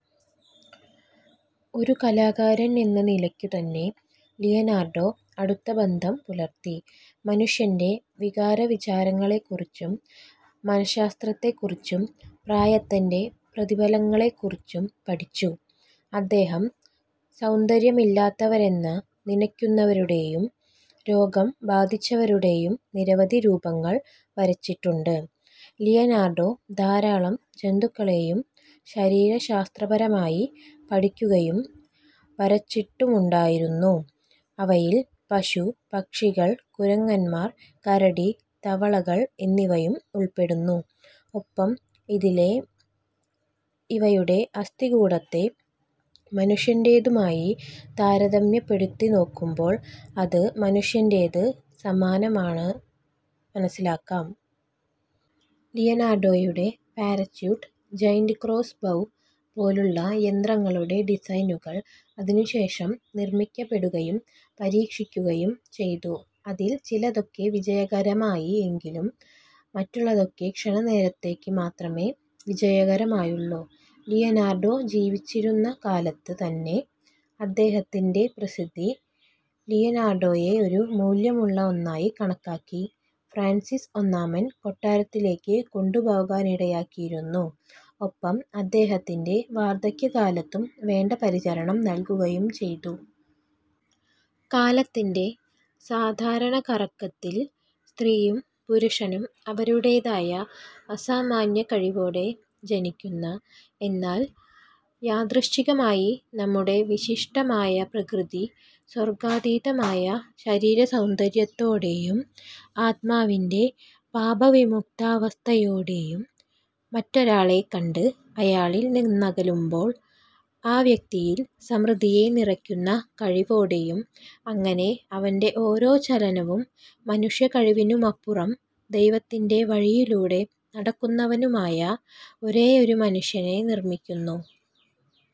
ഒരു കലാകാരൻ എന്ന നിലക്കു തന്നെ, ലിയനാർഡോ അടുത്തബന്ധം പുലർത്തി, മനുഷ്യന്റെ വികാരവിചാരങ്ങളെകുറിച്ചും, മനഃശാസ്ത്രത്തെകുറിച്ചും, പ്രായത്തിന്റെ പ്രതിഫലങ്ങളെകുറിച്ചും പഠിച്ചു. അദ്ദേഹം സൗന്ദര്യമില്ലാത്തവരെന്ന നിനക്കുന്നവരുടേയും, രോഗം ബാധിച്ചവരുടേയും നിരവധി രൂപങ്ങൾ വരച്ചിട്ടുണ്ട്. ലിയനാർഡോ ധാരാളം ജന്തുക്കളേയുംശരീരശാസ്ത്രപരമായി പഠിക്കുകയും, വരച്ചിട്ടുമുണ്ടായിരുന്നു, അവയിൽ പശു, പക്ഷികൾ, കുരങ്ങന്മാർ, കരടി, തവളകൾ എന്നിവയും ഉൾപ്പെടുന്നു, ഒപ്പം ഇതിലെ ഇവയുടെ അസ്ഥികൂടത്തെ മനുഷ്യന്റേതുമായി താരതമ്യപ്പെടുത്തിനോക്കുമ്പോൾ അത് മനുഷ്യന്റേത് സമാനമാണ് മനസ്സിലാക്കാം. ലിയനാർഡോയുടെ പാരച്യൂട്ട്, ജൈന്റ് ക്രോസ്സ് ബൗ പോലുള്ള യന്ത്രങ്ങളുടെ ഡിസൈനുകൾ അതിനുശേഷം നിർമ്മിക്കപ്പെടുകയും, പരീക്ഷിക്കുകയും ചെയ്തു. അതിൽ ചിലതൊക്കെ വിജയകരമായി, എങ്കിലും മറ്റുള്ളതൊക്കെ ക്ഷണനേരത്തേക്ക് മാത്രമേ വിജയകരമായുള്ളൂ. ലിയനാർഡോ ജീവിച്ചിരിക്കുന്ന കാലത്ത് തന്നെ അദ്ദേഹത്തിന്റെ പ്രസിദ്ധി, ലിയനാർഡോയെ ഒരു മൂല്ല്യമുള്ള ഒന്നായി കണക്കാക്കി ഫ്രാൻസിസ് ഒന്നാമൻ കൊട്ടാരത്തിലേക്ക് കൊണ്ടുപോകാനിടയാക്കിയിരുന്നു, ഒപ്പം അദ്ദേഹത്തിന്റെ വാർദ്ധക്യകാലത്തും വേണ്ട പരിചരണം നൽകുകയും ചെയ്തു. കാലത്തിന്റെ സാധാരണ കറക്കത്തിൽ സ്ത്രീയും, പുരുഷനും, അവരുടേതായ അസാമാന്യ കഴിവോടെ ജനിക്കുന്ന, എന്നാൽ യാദൃച്ഛികമായി നമ്മുടെ വിശിഷ്ടമായ പ്രകൃതി, സ്വർഗ്ഗാതീതമായ ശരീരസൗന്തര്യത്തോടേയും, ആത്മാവിന്റെ പാപവിമുക്താവസ്ഥയോടേയും, മറ്റൊരാളെ കണ്ട് അയാളിൽ നിന്നകലുമ്പോൾ ആ വ്യക്തിയിൽ സമൃദ്ധിയെ നിറക്കുന്ന കഴിവോടേയും, അങ്ങനെ അവന്റെ ഓരോ ചലനവും, മനുഷ്യ കഴിവിനുമപ്പുറം ദൈവത്തിന്റെ വഴിയിലൂടെ നടക്കുന്നവനുമായ ഒരേയൊരു മനുഷ്യനെ നിർമ്മിക്കുന്നു.